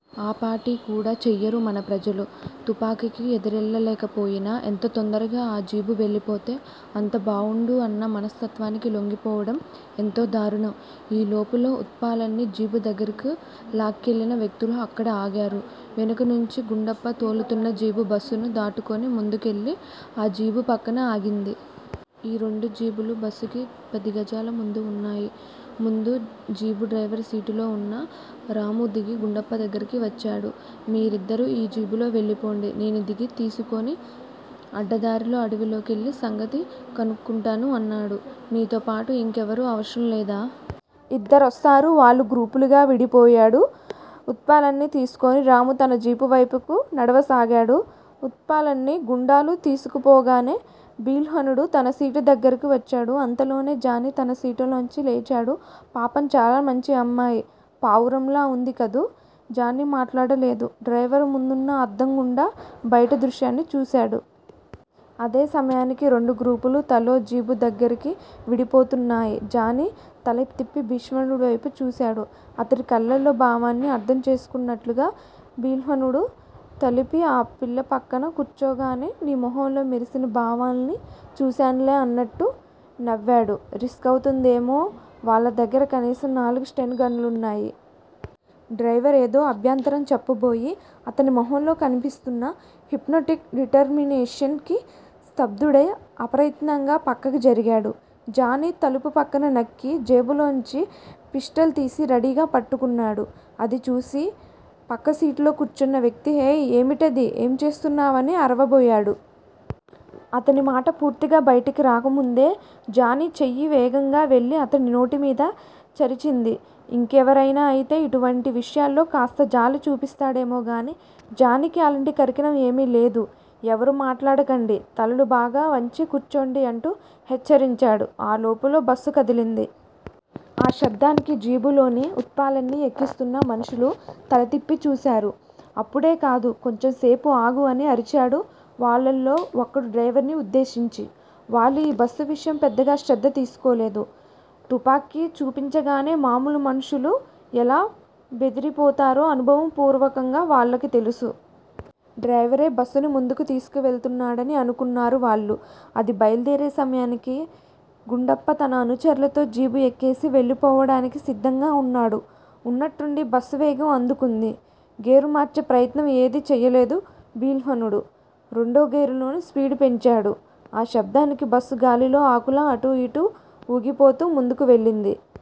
ఆపాటి కూడా చెయ్యరు మన ప్రజలు. తుపాకికి ఎదురెళ్ళలేకపొయినా, ఎంత తొందరగా ఆ జీపు వెళ్ళిపోతే అంత బావుణ్ణు అన్న మనస్తత్వానికి లొంగిపోవడం ఎంతో దారుణం. ఈ లోపులో ఉత్పలని జీపు దగ్గిరకు లాక్కెళ్ళిన వ్యక్తులు అక్కడ ఆగారు. వెనుక నుంచి గుండప్ప తోలుతున్న జీపు బస్ ని దాటుకుని ముందుకెళ్ళి ఆ జీపు పక్కన ఆగింది. ఈ రెండు జీపులూ బస్ కి పది గజాల ముందు వున్నాయి. ముందు జీపు డ్రైవింగ్ సీట్ లో వున్న రామూ దిగి గుండప్ప దగ్గిరకి వచ్చాడు. మీరందరూ ఈ జీపులో వెళ్ళిపొండి. నేను దీన్ని తీసుకుని అడ్డదారిలో అడవిలోకెళ్ళి సంగతి కనుక్కుంటాను అన్నాడు. నీతో పాటు ఇంకెవరూ అవసరం లేదా? ఇద్దరొస్తారు వాళ్ళు గ్రూపులుగా విడిపోయాడు. ఉత్పలని తీసుకొని రామూ తన జీపువైపుకి నడవసాగాడు. ఉత్పలని గుండాలు తీసుకుపోగానే బిల్హణుడు తన సీటు దగ్గిరకి వచ్చాడు అంతలోనే జానీ తన సీటులోంచి లేచాడు. పాపం చాలా మంచి అమ్మాయి. పావురంలా వుంది కదూ. జానీ మాట్లాడలేదు. డ్రైవర్ ముందున్న అద్దం గుండా బయట దృశ్యాన్ని చూశాడు. అదే సమయానికి రెండు గ్రూపులూ తలో జీపు దగ్గిరకి విడిపోతున్నాయి. జానీ తలతిప్పి బిల్హణుడివైపు చూశాడు. అతడి కళ్ళల్లో భావాన్ని అర్థం చేసుకున్నట్టుగా బిల్హణుడు తలూపి ఆ పిల్ల పక్కన కూర్చోగానే నీ మొహంలో మెరిసిన భావాల్ని చూసాన్లే అన్నట్టు నవ్వాడు. రిస్క్ అవుతుందేమో- వాళ్ళదగ్గిర కనీసం నాలుగు స్టెన్ గన్లున్నాయి. డ్రైవర్ ఏదో అభ్యంతరం చెప్పబోయి, అతని మొహంలో కనిపిస్తున్నా హిప్నాటిక్ డిటర్మినేషన్ కి స్థబ్దుడై అప్రయత్నంగా పక్కకి జరిగాడు. జానీ తలుపు పక్కగా నక్కి జేబులోంచి పిస్టల్ తీసి రెడీగా పట్టుకున్నాడు. అది చూసి పక్కసీటులో కూర్చున్న వ్యక్తి ఏయ్, ఏమిటిది? ఏం చేస్తున్నావు అని అరవబోయాడు. అతడి మాట పూర్తిగా బయటికి రాకముందే జానీ చెయ్యి వేగంగా వెళ్ళి అతడినోటిమీద చరిచింది. ఇంకెవరైనా అయితే ఇటువంటి విషయాల్లో కాస్త జాలి చూపిస్తాడేమో గాని జానీకి అలాటి కనికరంఏమీ లేదు. ఎవరూ మాట్లాడకండి. తలలు బాగా వంచి కూర్చోండి అంటూ హెచ్చరించాడు. ఆ లోపులో బస్ కదిలింది. ఆ శబ్దానికి జీపులోకి ఉత్పలని ఎక్కిస్తున్న మనుష్యులు తలతిప్పి చూశారు. అప్పుడే కాదు. కొంచెం సేపు ఆగు అని అరిచాడు వాళ్ళలో ఒకడు డ్రైవర్ ని ఉద్దేశించి. వాళ్ళు ఈ బస్సు విషయం పెద్దగా శ్రద్ధ తీసుకోలేదు. తుపాకి చూపించగానే మామూలు మనుష్యులు ఎలా బెదిరిపోతారో అనుభవ పూర్వకంగా వాళ్ళకి తెలుసు. డ్రైవరే బస్సుని ముందుకు తీసుకువస్తున్నాడని అనుకున్నారు వాళ్ళు. అది బయల్దేరే సమయానికే గుండప్ప తన అనుచరులతో జీపు ఎక్కేసి వెళ్లిపోవటానికి సిద్ధంగా వున్నాడు. వున్నట్టుండి బస్సు వేగం అందుకుంది. గేరుమార్చే ప్రయత్నం ఏదీ చెయ్యలేదు బిల్హణుడు. రెండో గేరులోనే స్పీడు పెంచాడు. ఆ శబ్దానికి బస్ గాలిలో ఆకులా అటూ ఇటూ వూగిపోతూ ముందుకు వెళ్ళింది.